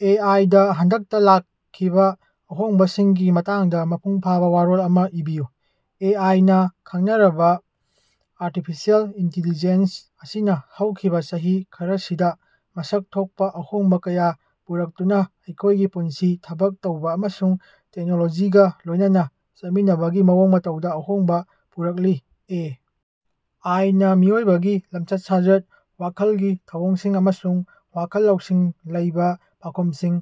ꯑꯦ. I. ꯗꯥ ꯍꯟꯗꯛꯇ ꯂꯥꯛꯈꯤꯕ ꯑꯍꯣꯡꯕꯁꯤꯡꯒꯤ ꯃꯇꯥꯡꯗ ꯃꯄꯨꯡ ꯐꯥꯕ ꯋꯥꯔꯣꯜ ꯑꯃ ꯏꯕꯤꯌꯨ꯫ ꯑꯦ. ꯑꯥꯏ. ꯅꯥ ꯈꯪꯅꯔꯕ ꯑꯥꯔꯇꯤꯐꯤꯁꯤꯑꯦꯜ ꯏꯟꯇꯤꯂꯤꯖꯦꯟꯁ ꯑꯁꯤꯅ ꯍꯧꯈꯤꯕ ꯆꯍꯤ ꯈꯔꯁꯤꯗ ꯃꯁꯛ ꯊꯣꯛꯄ ꯑꯍꯣꯡꯕ ꯀꯌꯥ ꯄꯨꯔꯛꯇꯨꯅ ꯑꯩꯈꯣꯏꯒꯤ ꯄꯨꯟꯁꯤ, ꯊꯕꯛ ꯇꯧꯕ ꯑꯃꯁꯨꯡ ꯇꯦꯛꯅꯣꯂꯣꯖꯤꯒ ꯂꯣꯏꯅꯅ ꯆꯠꯃꯤꯟꯅꯕꯒꯤ ꯃꯑꯣꯡ ꯃꯇꯧꯗ ꯑꯍꯣꯡꯕ ꯄꯨꯔꯛꯂꯤ꯫ ꯑꯦ. ꯑꯥꯏ. ꯅꯥ ꯃꯤꯑꯣꯏꯕꯒꯤ ꯂꯝꯆꯠ-ꯁꯥꯖꯠ, ꯋꯥꯈꯜꯒꯤ ꯊꯧꯑꯣꯡꯁꯤꯡ ꯑꯃꯁꯨꯡ ꯋꯥꯈꯜ ꯂꯧꯁꯤꯡ ꯂꯩꯕꯥ ꯄꯥꯎꯈꯨꯝꯁꯤꯡ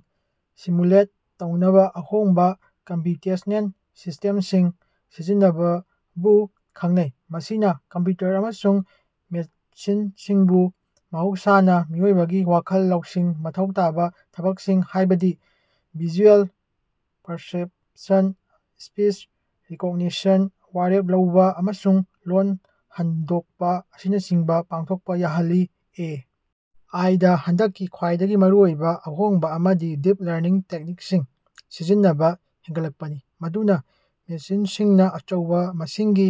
ꯁꯤꯃꯨꯂꯦꯠ ꯇꯧꯅꯕ ꯑꯍꯣꯡꯕ ꯀꯝꯄ꯭ꯌꯨꯇꯦꯁꯅꯦꯜ ꯁꯤꯁꯇꯦꯝꯁꯤꯡ ꯁꯤꯖꯤꯟꯅꯕꯕꯨ ꯈꯪꯅꯩ꯫ ꯃꯁꯤꯅ ꯀꯝꯄ꯭ꯌꯨꯇꯔ ꯑꯃꯁꯨꯡ ꯃꯦꯁꯤꯟꯁꯤꯡꯕꯨ ꯃꯍꯧꯁꯥꯅ ꯃꯤꯑꯣꯏꯕꯒꯤ ꯋꯥꯈꯜ ꯂꯧꯁꯤꯡ ꯃꯊꯧ ꯇꯥꯕ ꯊꯕꯛꯁꯤꯡ, ꯍꯥꯏꯕꯗꯤ ꯚꯤꯖꯨꯑꯦꯜ ꯄꯔꯁꯦꯄꯁꯟ, ꯁꯄꯤꯆ ꯔꯤꯀꯣꯒꯅꯤꯁꯟ, ꯋꯥꯔꯦꯞ ꯂꯧꯕ, ꯑꯃꯁꯨꯡ ꯂꯣꯜ ꯍꯟꯗꯣꯛꯄ ꯑꯁꯤꯅꯆꯤꯡꯕ ꯄꯥꯡꯊꯣꯛꯄ ꯌꯥꯍꯜꯂꯤ꯫ ꯑꯦ. ꯑꯥꯏ. ꯗꯥ ꯍꯟꯗꯛꯀꯤ ꯈ꯭ꯋꯥꯏꯗꯒꯤ ꯃꯔꯨꯑꯣꯏꯕ ꯑꯍꯣꯡꯕ ꯑꯃꯗꯤ ꯗꯤꯞ ꯂꯔꯅꯤꯡ ꯇꯦꯛꯅꯤꯛꯁꯤꯡ ꯁꯤꯖꯤꯟꯅꯕ ꯍꯦꯟꯒꯠꯂꯛꯄꯅꯤ ꯃꯗꯨꯅ ꯃꯦꯁꯤꯟꯁꯤꯡꯅ ꯑꯆꯧꯕ ꯃꯁꯤꯡꯒꯤ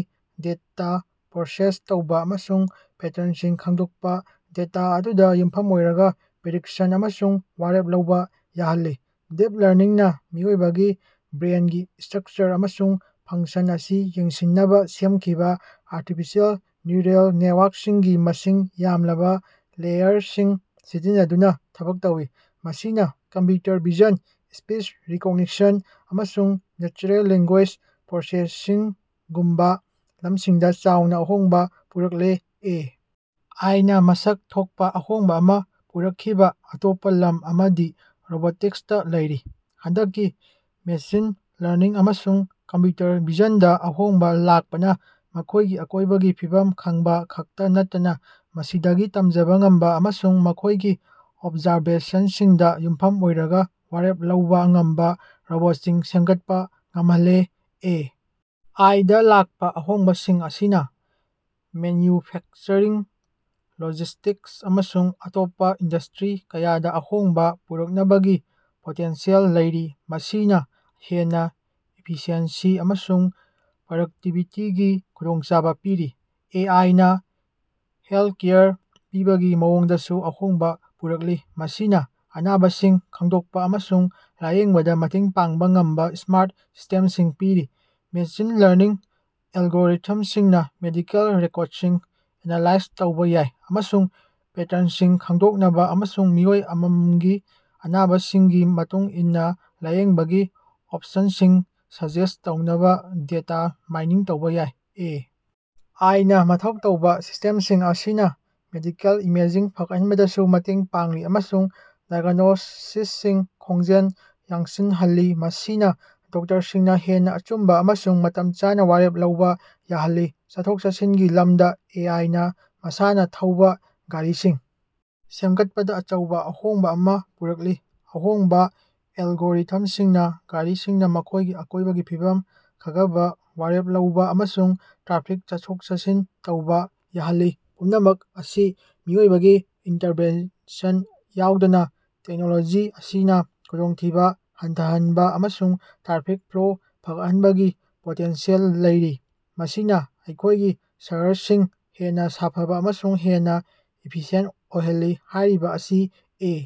ꯗꯦꯇꯥ ꯄ꯭ꯔꯣꯁꯦꯁ ꯇꯧꯕ ꯑꯃꯁꯨꯡ ꯄꯦꯇꯔꯟꯁꯤꯡ ꯈꯪꯗꯣꯛꯄ, ꯗꯦꯇꯥ ꯑꯗꯨꯗ ꯌꯨꯝꯐꯝ ꯑꯣꯏꯔꯒ ꯄ꯭ꯔꯤꯗꯤꯛꯁꯟ ꯑꯃꯁꯨꯡ ꯋꯥꯔꯦꯞ ꯂꯧꯕ ꯌꯥꯍꯜꯂꯤ꯫ ꯗꯤꯞ ꯂꯔꯅꯤꯡꯅ ꯃꯤꯑꯣꯏꯕꯒꯤ ꯕ꯭ꯔꯦꯟꯒꯤ ꯁ꯭ꯇꯔꯛꯆꯔ ꯑꯃꯁꯨꯡ ꯐꯪꯛꯁꯟ ꯑꯁꯤ ꯌꯦꯡꯁꯤꯟꯅꯕ ꯁꯦꯝꯈꯤꯕ ꯑꯥꯔꯇꯤꯐꯤꯁꯤꯑꯦꯜ ꯅ꯭ꯌꯨꯔꯜ ꯅꯦꯇꯋꯥꯔꯛꯁꯤꯡꯒꯤ ꯃꯁꯤꯡ ꯌꯥꯝꯂꯕ ꯂꯦꯌꯔꯁꯤꯡ ꯁꯤꯖꯤꯟꯅꯗꯨꯅ ꯊꯕꯛ ꯇꯧꯏ꯫ ꯃꯁꯤꯅ ꯀꯝꯄ꯭ꯌꯨꯇꯔ ꯚꯤꯖꯟ, ꯁꯄꯤꯆ ꯔꯤꯀꯣꯒꯅꯤꯁꯟ, ꯑꯃꯁꯨꯡ ꯅꯦꯆꯔꯦꯜ ꯂꯦꯡꯒꯨꯌꯦꯖ ꯄ꯭ꯔꯣꯁꯦꯁꯤꯡꯒꯨꯝꯕ ꯂꯝꯁꯤꯡꯗ ꯆꯥꯎꯅ ꯑꯍꯣꯡꯕ ꯄꯨꯔꯛꯂꯦ꯫ ꯑꯦ. ꯑꯥꯏ. ꯅꯥ ꯃꯁꯛ ꯊꯣꯛꯄ ꯑꯍꯣꯡꯕ ꯑꯃ ꯄꯨꯔꯛꯈꯤꯕ ꯑꯇꯣꯞꯄ ꯂꯝ ꯑꯃꯗꯤ ꯔꯣꯕꯣꯇꯤꯛꯁꯇ ꯂꯩꯔꯤ꯫ ꯍꯟꯗꯛꯀꯤ ꯃꯦꯁꯤꯟ ꯂꯔꯅꯤꯡ ꯑꯃꯁꯨꯡ ꯀꯝꯄ꯭ꯌꯨꯇꯔ ꯚꯤꯖꯟꯗ ꯑꯍꯣꯡꯕ ꯂꯥꯛꯄꯅ ꯃꯈꯣꯏꯒꯤ ꯑꯀꯣꯏꯕꯒꯤ ꯐꯤꯕꯝ ꯈꯪꯕ ꯈꯛꯇ ꯅꯠꯇꯅ ꯃꯁꯤꯗꯒꯤ ꯇꯝꯖꯕ ꯉꯝꯕ ꯑꯃꯁꯨꯡ ꯃꯈꯣꯏꯒꯤ ꯑꯣꯕꯖꯥꯔꯕꯦꯁꯟꯁꯤꯡꯗ ꯌꯨꯝꯐꯝ ꯑꯣꯏꯔꯒ ꯋꯥꯔꯦꯞ ꯂꯧꯕ ꯉꯝꯕ ꯔꯣꯕꯣꯠꯁꯤꯡ ꯁꯦꯝꯒꯠꯄ ꯉꯝꯍꯜꯂꯦ꯫ ꯑꯦ. ꯑꯥꯏ. ꯗꯥ ꯂꯥꯛꯄ ꯑꯍꯣꯡꯕꯁꯤꯡ ꯑꯁꯤꯅ ꯃꯦꯟꯌꯨꯐꯦꯛꯆꯔꯤꯡ, ꯂꯣꯖꯤꯁꯇꯤꯛꯁ, ꯑꯃꯁꯨꯡ ꯑꯇꯣꯞꯄ ꯏꯟꯗꯁ꯭ꯇꯔꯤ ꯀꯌꯥꯗ ꯑꯍꯣꯡꯕ ꯄꯨꯔꯛꯅꯕꯒꯤ ꯄꯣꯇꯦꯟꯁꯤꯌꯦꯜ ꯂꯩꯔꯤ, ꯃꯁꯤꯅ ꯍꯦꯟꯅ ꯏꯐꯤꯁꯤꯑꯦꯟꯁꯤ ꯑꯃꯁꯨꯡ ꯄ꯭ꯔꯗꯛꯇꯤꯕꯤꯇꯤꯒꯤ ꯈꯨꯗꯣꯡꯆꯥꯕ ꯄꯤꯔꯤ꯫ ꯑꯦ. ꯑꯥꯏ. ꯅꯥ ꯍꯦꯜꯊꯀꯦꯌꯔ ꯄꯤꯕꯒꯤ ꯃꯑꯣꯡꯗꯁꯨ ꯑꯍꯣꯡꯕ ꯄꯨꯔꯛꯂꯤ, ꯃꯁꯤꯅ ꯑꯅꯥꯕꯁꯤꯡ ꯈꯪꯗꯣꯛꯄ ꯑꯃꯁꯨꯡ ꯂꯥꯌꯦꯡꯕꯗ ꯃꯇꯦꯡ ꯄꯥꯡꯕ ꯉꯝꯕ ꯁ꯭ꯃꯥꯔꯠ ꯁꯤꯁꯇꯦꯝꯁꯤꯡ ꯄꯤꯔꯤ꯫ ꯃꯦꯁꯤꯟ ꯂꯔꯅꯤꯡ ꯑꯦꯜꯒꯣꯔꯤꯊꯝꯁꯤꯡꯅꯥ ꯃꯦꯗꯤꯀꯦꯜ ꯔꯦꯀꯣꯔꯗꯁꯤꯡ ꯑꯦꯅꯥꯂꯥꯏꯖ ꯇꯧꯕ ꯌꯥꯏ ꯑꯃꯁꯨꯡ ꯄꯦꯇꯔꯟꯁꯤꯡ ꯈꯪꯗꯣꯛꯅꯕ ꯑꯃꯁꯨꯡ ꯃꯤꯑꯣꯏ ꯑꯃꯃꯃꯒꯤ ꯑꯅꯥꯕꯁꯤꯡꯒꯤ ꯃꯇꯨꯡ ꯏꯟꯅ ꯂꯥꯌꯦꯡꯕꯒꯤ ꯑꯣꯄꯁꯟꯁꯤꯡ ꯁꯖꯦꯁꯠ ꯇꯧꯅꯕ ꯗꯦꯇꯥ ꯃꯥꯏꯅꯤꯡ ꯇꯧꯕ ꯌꯥꯏ꯫ ꯑꯦ. ꯑꯥꯏ. ꯅꯥ ꯃꯊꯧ ꯇꯧꯕꯥ ꯁꯤꯁꯇꯦꯃꯁꯤꯡ ꯑꯁꯤꯅ ꯃꯦꯗꯤꯀꯦꯜ ꯏꯃꯦꯖꯤꯡ ꯐꯒꯠꯍꯟꯕꯗꯁꯨ ꯃꯇꯦꯡ ꯄꯥꯡꯂꯤ ꯑꯃꯁꯨꯡ ꯗꯥꯏꯒ꯭ꯅꯣꯁꯤꯁꯁꯤꯡ ꯈꯣꯡꯖꯦꯜ ꯌꯥꯡꯁꯤꯟꯍꯜꯂꯤ, ꯃꯁꯤꯅ ꯗꯣꯛꯇꯔꯁꯤꯡꯅ ꯍꯦꯟꯅ ꯑꯆꯨꯝꯕ ꯑꯃꯁꯨꯡ ꯃꯇꯝ ꯆꯥꯅ ꯋꯥꯔꯦꯞ ꯂꯧꯕ ꯌꯥꯍꯜꯂꯤ꯫ ꯆꯠꯊꯣꯛ-ꯆꯠꯁꯤꯟꯒꯤ ꯂꯝꯗ ꯑꯦ. ꯑꯥꯏ. ꯅꯥ ꯃꯁꯥꯅ ꯊꯧꯕ ꯒꯥꯔꯤꯁꯤꯡ ꯁꯦꯝꯒꯠꯄꯗ ꯑꯆꯧꯕ ꯑꯍꯣꯡꯕ ꯑꯃ ꯄꯨꯔꯛꯂꯤ꯫ ꯑꯍꯣꯡꯕ ꯑꯦꯜꯒꯣꯔꯤꯊꯝꯁꯤꯡꯅ ꯒꯥꯔꯤꯁꯤꯡꯅ ꯃꯈꯣꯏꯒꯤ ꯑꯀꯣꯏꯕꯒꯤ ꯐꯤꯕꯝ ꯈꯘꯕꯥ, ꯋꯥꯔꯦꯞ ꯂꯧꯕ ꯑꯃꯁꯨꯡ ꯇ꯭ꯔꯥꯐꯤꯛ ꯆꯠꯊꯣꯛ-ꯆꯠꯁꯤꯟ ꯇꯧꯕꯥ ꯌꯥꯍꯜꯂꯤ, ꯄꯨꯝꯅꯃꯛ ꯑꯁꯤ ꯃꯤꯑꯣꯏꯕꯒꯤ ꯏꯟꯇꯔꯚꯦꯟꯁꯟ ꯌꯥꯑꯣꯗꯅꯥ꯫ ꯇꯦꯛꯅꯣꯂꯣꯖꯤ ꯑꯁꯤꯅꯥ ꯈꯨꯗꯣꯡꯊꯤꯕꯥ ꯍꯟꯊꯍꯅꯕꯥ ꯑꯃꯁꯨꯡ ꯇ꯭ꯔꯥꯐꯤꯛ ꯐ꯭ꯂꯣ ꯐꯒꯠꯍꯟꯕꯒꯤ ꯄꯣꯇꯦꯟꯁꯤꯌꯦꯜ ꯂꯩꯔꯤ, ꯃꯁꯤꯅꯥ ꯑꯩꯈꯣꯏꯒꯤ ꯁꯍꯔꯁꯤꯡ ꯍꯦꯟꯅ ꯁꯥꯐꯕ ꯑꯃꯁꯨꯡ ꯍꯦꯟꯅ ꯏꯐꯤꯁꯤꯌꯦꯟꯇ ꯑꯣꯏꯍꯜꯂꯤ꯫ ꯍꯥꯏꯔꯤꯕꯥ ꯑꯁꯤ ꯑꯦ.